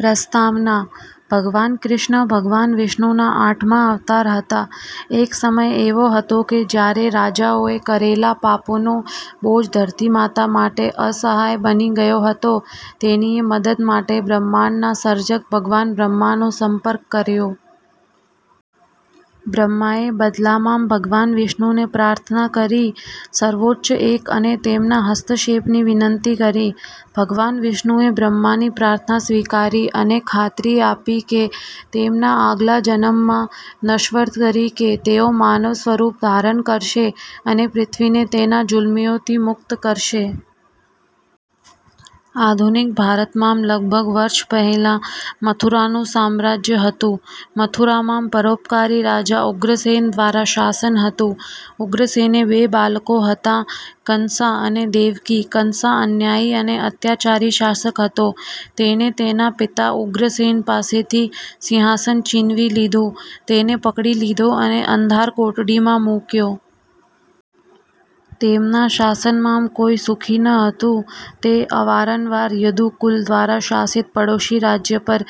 પ્રસ્તાવના: ભગવાન કૃષ્ણ ભગવાન વિષ્ણુના આઠમા અવતાર હતા. એક સમય એવો હતો કે જ્યારે રાજાઓએ કરેલા પાપોનો બોજ ધરતી માતા માટે અસહ્ય બની ગયો હતો. તેણીએ મદદ માટે બ્રહ્માંડના સર્જક ભગવાન બ્રહ્માનો સંપર્ક કર્યો. બ્રહ્માએ બદલામાં ભગવાન વિષ્ણુને પ્રાર્થના કરી, સર્વોચ્ચ એક, અને તેમના હસ્તક્ષેપની વિનંતી કરી. ભગવાન વિષ્ણુએ બ્રહ્માની પ્રાર્થના સ્વીકારી અને ખાતરી આપી કે તેમના આગલા જન્મમાં નશ્વર તરીકે તેઓ માનવ સ્વરૂપ ધારણ કરશે અને પૃથ્વીને તેના જુલમીઓથી મુક્ત કરશે. આધુનિક ભારતમાં લગભગ વર્ષ પહેલાં, મથુરાનું સામ્રાજ્ય હતું. મથુરામાં પરોપકારી રાજા ઉગ્રસેન દ્વારા શાસન હતું. ઉગ્રસેનને બે બાળકો હતા, કંસા અને દેવકી. કંસા અન્યાયી અને અત્યાચારી શાસક હતો. તેણે તેના પિતા ઉગ્રસેન પાસેથી સિંહાસન છીનવી લીધું, તેને પકડી લીધો અને અંધારકોટડીમાં મૂક્યો. તેમના શાસનમાં કોઈ સુખી ન હતું. તે અવારનવાર યદુ કુળ દ્વારા શાસિત પડોશી રાજ્ય પર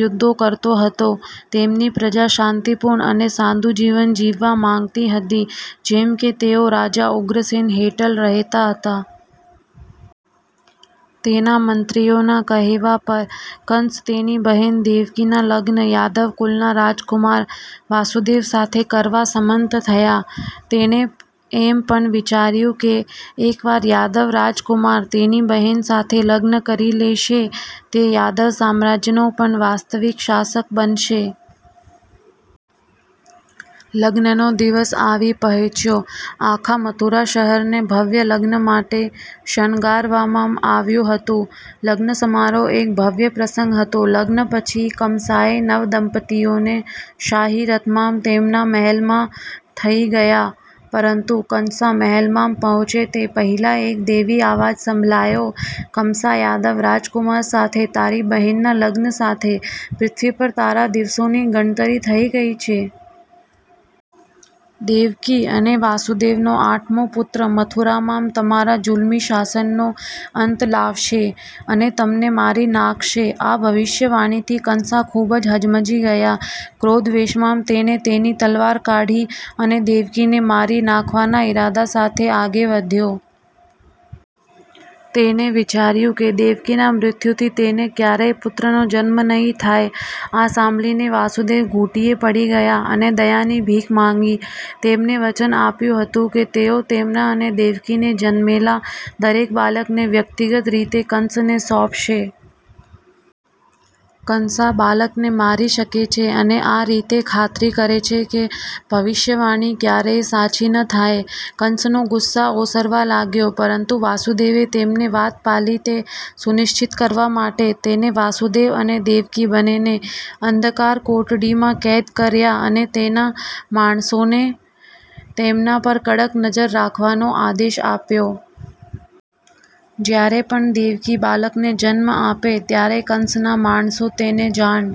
યુદ્ધો કરતો હતો. તેમની પ્રજા શાંતિપૂર્ણ અને સાદું જીવન જીવવા માંગતી હતી, જેમ કે તેઓ રાજા ઉગ્રસેન હેઠળ રહેતા હતા. તેના મંત્રીઓના કહેવા પર, કંસ તેની બહેન દેવકીના લગ્ન યાદવ કુળના રાજકુમાર – વાસુદેવ સાથે કરવા સંમત થયા. તેણે એમ પણ વિચાર્યું કે એકવાર યાદવ રાજકુમાર તેની બહેન સાથે લગ્ન કરી લેશે, તે યાદવ સામ્રાજ્યનો પણ વાસ્તવિક શાસક બનશે. લગ્નનો દિવસ આવી પહોંચ્યો. આખા મથુરા શહેરને ભવ્ય લગ્ન માટે શણગારવામાં આવ્યું હતું. લગ્ન સમારોહ એક ભવ્ય પ્રસંગ હતો. લગ્ન પછી, કમસાએ નવદંપતીઓને શાહી રથમાં તેમના મહેલમાં લઈ ગયા. પરંતુ કંસા મહેલમાં પહોંચે તે પહેલાં એક દૈવી અવાજ સંભળાયો, કમસા, યાદવ રાજકુમાર સાથે તારી બહેનના લગ્ન સાથે, પૃથ્વી પર તારા દિવસોની ગણતરી થઈ ગઈ છે. દેવકી અને વાસુદેવનો આઠમો પુત્ર મથુરામાં તમારા જુલમી શાસનનો અંત લાવશે અને તમને મારી નાખશે. આ ભવિષ્યવાણીથી કંસા ખૂબ જ હચમચી ગયા. ક્રોધાવેશમાં, તેણે તેની તલવાર કાઢી, અને દેવકીને મારી નાખવાના ઇરાદા સાથે આગળ વધ્યો. તેણે વિચાર્યું કે દેવકીના મૃત્યુથી તેને ક્યારેય પુત્રનો જન્મ નહીં થાય. આ સાંભળીને વાસુદેવ ઘૂંટણિયે પડી ગયા અને દયાની ભીખ માંગી. તેમણે વચન આપ્યું હતું કે તેઓ તેમના અને દેવકીને જન્મેલા દરેક બાળકને વ્યક્તિગત રીતે કંસને સોંપશે. કંસા બાળકને મારી શકે છે અને આ રીતે ખાતરી કરે છે કે ભવિષ્યવાણી ક્યારેય સાચી ન થાય. કંસનો ગુસ્સો ઓસરવા લાગ્યો. પરંતુ વાસુદેવે તેમની વાત પાળી તે સુનિશ્ચિત કરવા માટે, તેણે વાસુદેવ અને દેવકી બંનેને અંધારકોટડીમાં કેદ કર્યા અને તેના માણસોને તેમના પર કડક નજર રાખવાનો આદેશ આપ્યો. જ્યારે પણ દેવકી બાળકને જન્મ આપે ત્યારે કંસના માણસો તેને જાણ